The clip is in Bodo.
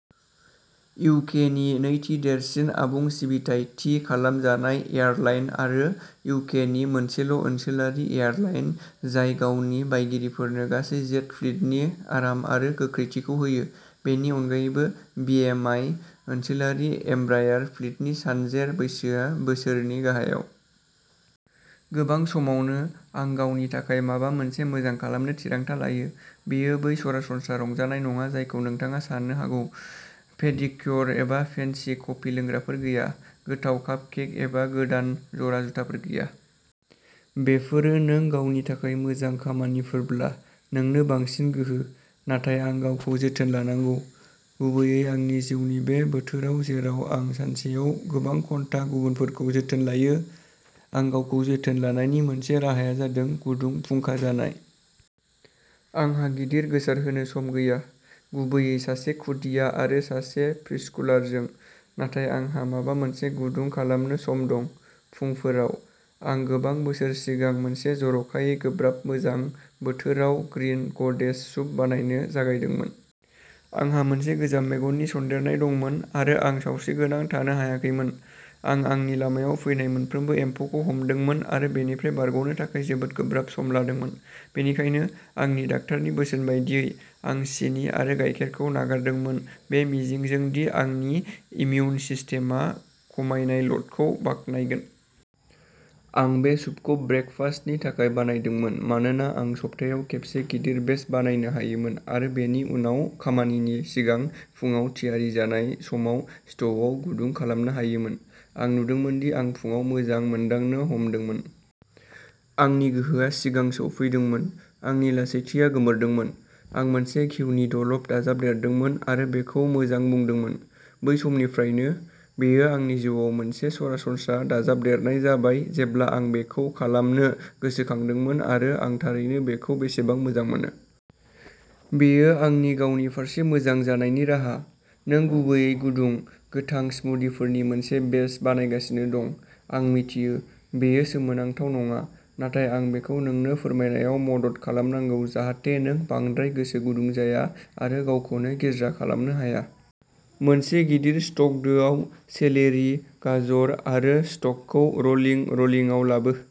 इउ. के. नि नैथि देरसिन आबुं सिबिथाइ थि खालामजानाय एयारलाइन आरो इउ. के. नि मोनसेल'ओनसोलारि एयारलाइन जाय गावनि बायगिरिफोरनो गासै जेट फ्लीटनि आराम आरो गोख्रैथिखौ होयो। बेनि अनगायैबो, बि. एम. आइ. ओनसोलारि एम्ब्रायार फ्लीटनि सानजेर बैसोआ बोसोरनि गाहायाव। गोबां समावनो, आं गावनि थाखाय माबा मोनसे मोजां खालामनो थिरांथा लायो। बेयो बै सरासनस्रा रंजानाय नङा जायखौ नोंथाङा सानो हागौ। पेडिक्य'र एबा फेन्सि कफि लोंग्राफोर गैया। गोथाव कापकेक एबा गोदान जरा जुथाफोर गैया। बेफोरो नों गावनि थाखाय मोजां खामानिफोरब्ला, नोंनो बांसिन गोहो। नाथाय आं गावखौ जोथोन लानांगौ, गुबैयै आंनि जिउनि बे बोथोराव जेराव आं सानसेयाव गोबां घन्टा गुबुनफोरखौ जोथोन लायो। आं गावखौ जोथोन लानायनि मोनसे राहाया जादों गुदुं फुंखाजानाय। आंहा गिदिर गोसारहोनो सम गैया, गुबैयै सासे खुदिया आरो सासे प्रिस्कुलारजों। नाथाय आंहा माबा मोनसे गुदुं खालामनो सम दं। फुंफोराव। आं गोबां बोसोर सिगां मोनसे जर'खायै गोब्राब गोजां बोथोराव ग्रीन ग'देज सुप बानायनो जागायदोंमोन। आंहा मोनसे गोजाम मेगननि सन्देरनाय दंमोन आरो आं सावस्रिगोनां थानो हायाखैमोन। आं आंनि लामायाव फैनाय मोनफ्रोमबो एम्फौखौ हमदोंमोन आरो बेनिफ्राय बारग'नो थाखाय जोबोद गोब्राब सम लादोंमोन। बेनिखायनो, आंनि डाक्टारनि बोसोन बायदियै, आं सिनि आरो गायखेरखौ नागारदोंमोन बे मिजिंजों दि आंनि इमिउन सिस्टेमआ खमायनाय ल'डखौ बाख्नायगोन। आं बे सुपखौ ब्रेकफास्टनि थाखाय बानायदोंमोन मानोना आं सप्तायाव खेबसे गिदिर बेच बानायनो हायोमोन आरो बेनि उनाव खामानिनि सिगां फुंआव थियारि जानाय समाव स्ट'वआव गुदुं खालामनो हायोमोन। आं नुदोंमोन दि आं फुंआव मोजां मोनदांनो हमदोंमोन। आंनि गोहोआ सिगां सौफैदोंमोन, आंनि लासैथिया गोमोरदोंमोन। आं मोनसे घिउनि द'ल'प दाजाबदेरदोंमोन आरो बेखौ मोजां बुंदोंमोन। बै समनिफ्रायनो, बेयो आंनि जिउआव मोनसे सरासनस्रा दाजाबदेरनाय जाबाय जेब्ला आं बेखौ खालामनो गोसोखांदोंमोन आरो आं थारैनो बेखौ बेसेबां मोजां मोनो। बेयो आंनि गावनि फारसे मोजां जानायनि राहा। नों गुबैयै गुदुं, गोथां स्मूदिफोरनि मोनसे बेच बानायगासिनो दं। आं मिथियो, बेयो सोमोनांथाव नङा, नाथाय आं बेखौ नोंनो फोरमायनायाव मदद खालामनांगौ जाहाथे नों बांद्राय गोसो गुदुं जाया आरो गावखौनो गिज्रा खालामनो हाया। मोनसे गिदिर स्टक दोआव, सेलेरि, गाजर आरो स्टकखौ र'लिं र'लिंआव लाबो।